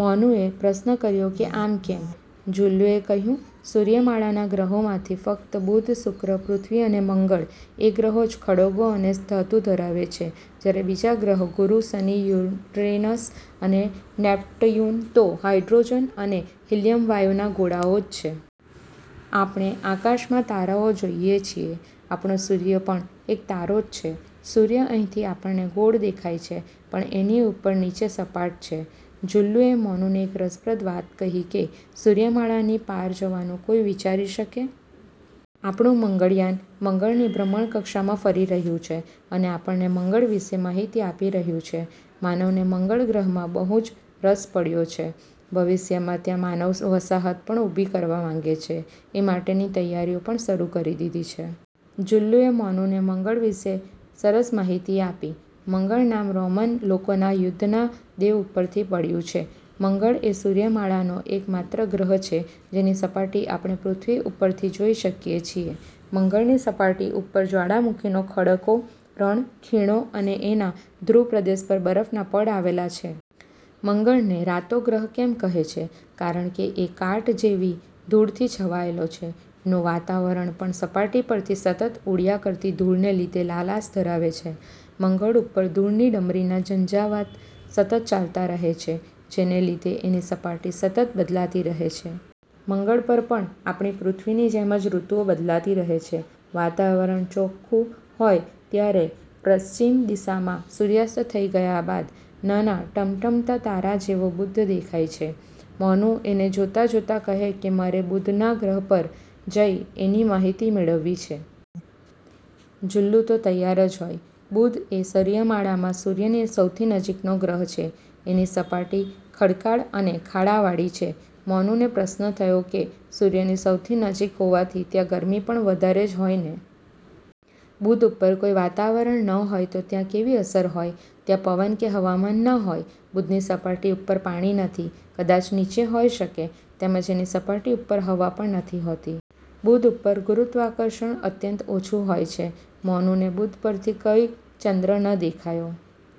મોનુ એ પ્રશ્ન કર્યો કે આમ કેમ? જુલ્લુ એ કહ્યું, "સૂર્યમાળાના ગ્રહોમાંથી ફક્ત બુધ, શુક્ર, પૃથ્વી અને મંગળ એ ગ્રહો જ ખડકો અને ધાતુ ધરાવે છે. જયારે બીજા ગ્રહો ગુરુ, શનિ, યુરેનસ અને નેપ્ટયુન તો હાઇડ્રોજન અને હિલીયમ વાયુના ગોળાઓ જ છે". આપણે આકાશમાં તારાઓ જોઈએ છીએ. આપણો સૂર્ય પણ એક તારો જ છે. સૂર્ય અહીંથી આપણને ગોળ દેખાય છે પણ એની ઉપર-નીચે સપાટ છે. જુલ્લુ એ મોનુને એક રસપ્રદ વાત કહીકે સૂર્યમાળાની પાર જવાનું કોઈ વિચારી શકે? આપણું મંગળયાન મંગળની ભ્રમણકક્ષામાં ફરી રહ્યું છે અને આપણને મંગળ વિષે માહિતી આપી રહ્યું છે. માનવને મંગળ ગ્રહમાં બહુ જ રસ પડ્યો છે. ભવિષ્યમાં ત્યાં માનવ વસાહત પણ ઉભી કરવા માંગે છે. એ માટેની તૈયારીઓ પણ શરુ કરી દીધી છે. જુલ્લુએ મોનુને મંગળ વિષે સરસ માહિતી આપી. મંગળ નામ રોમન લોકોના યુદ્ધના દેવ ઉપરથી પડ્યું છે. મંગળ એ સૂર્યમાળાનો એક માત્ર ગ્રહ છે જેની સપાટી આપણે પૃથ્વી ઉપરથી જોઈ શકીએ છીએ. મંગળની સપાટી ઉપર જવાળામુખીના ખડકો, રણ, ખીણો અને એના ધ્રુવ પ્રદેશ પર બરફના પડ આવેલા છે. મંગળને રાતો ગ્રહ કેમ કહે છે? કારણકે એ કાટ જેવી ધૂળથી છવાયેલો છે. એનું વાતાવરણ પણ સપાટી પરથી સતત ઉડ્યા કરતી ધૂળને લીધે લાલાશ ધરાવે છે. મંગળ ઉપર ધૂળની ડમરીના ઝંઝાવાત સતત ચાલતા રહે છે જેને લીધે એની સપાટી સતત બદલાતી રહે છે. મંગળ પર પણ આપણી પૃથ્વીની જેમ જ ઋતુઓ બદલાતી રહે છે. વાતાવરણ ચોક્ખું હોય ત્યારે પશ્ચિમ દિશામાં સુર્યાસ્ત થઇ ગયા બાદ નાના ટમટમતા તારા જેવો બુધ દેખાય છે. મોનુ એને જોતાં જોતાં કહે કે મારે બુધના ગ્રહ પર જઈ એની માહિતી મેળવવી છે. જુલ્લુ તો તૈયાર જ હોય. બુધ એ સૂર્યમાળામાં સૂર્યની સૌથી નજીકનો ગ્રહ છે. એની સપાટી ખડકાળ અને ખાડાવાળી છે. મોનુને પ્રશ્ન થયો કે સૂર્યની સૌથી નજીક હોવાથી ત્યાં ગરમી પણ વધારે જ હોય ને? બુધ ઉપર કોઈ વાતાવરણ ન હોય તો ત્યાં કેવી અસર હોય? ત્યાં પવન કે હવામાન ન હોય. બુધની સપાટી ઉપર પાણી નથી. કદાચ નીચે હોઈ શકે. તેમજ એની સપાટી ઉપર હવા પણ નથી હોતી. બુધ ઉપર ગુરુત્વાકર્ષણ અત્યંત ઓછું હોય છે. મોનુને બુધ પરથી કોઈ ચંદ્ર ન દેખાયો.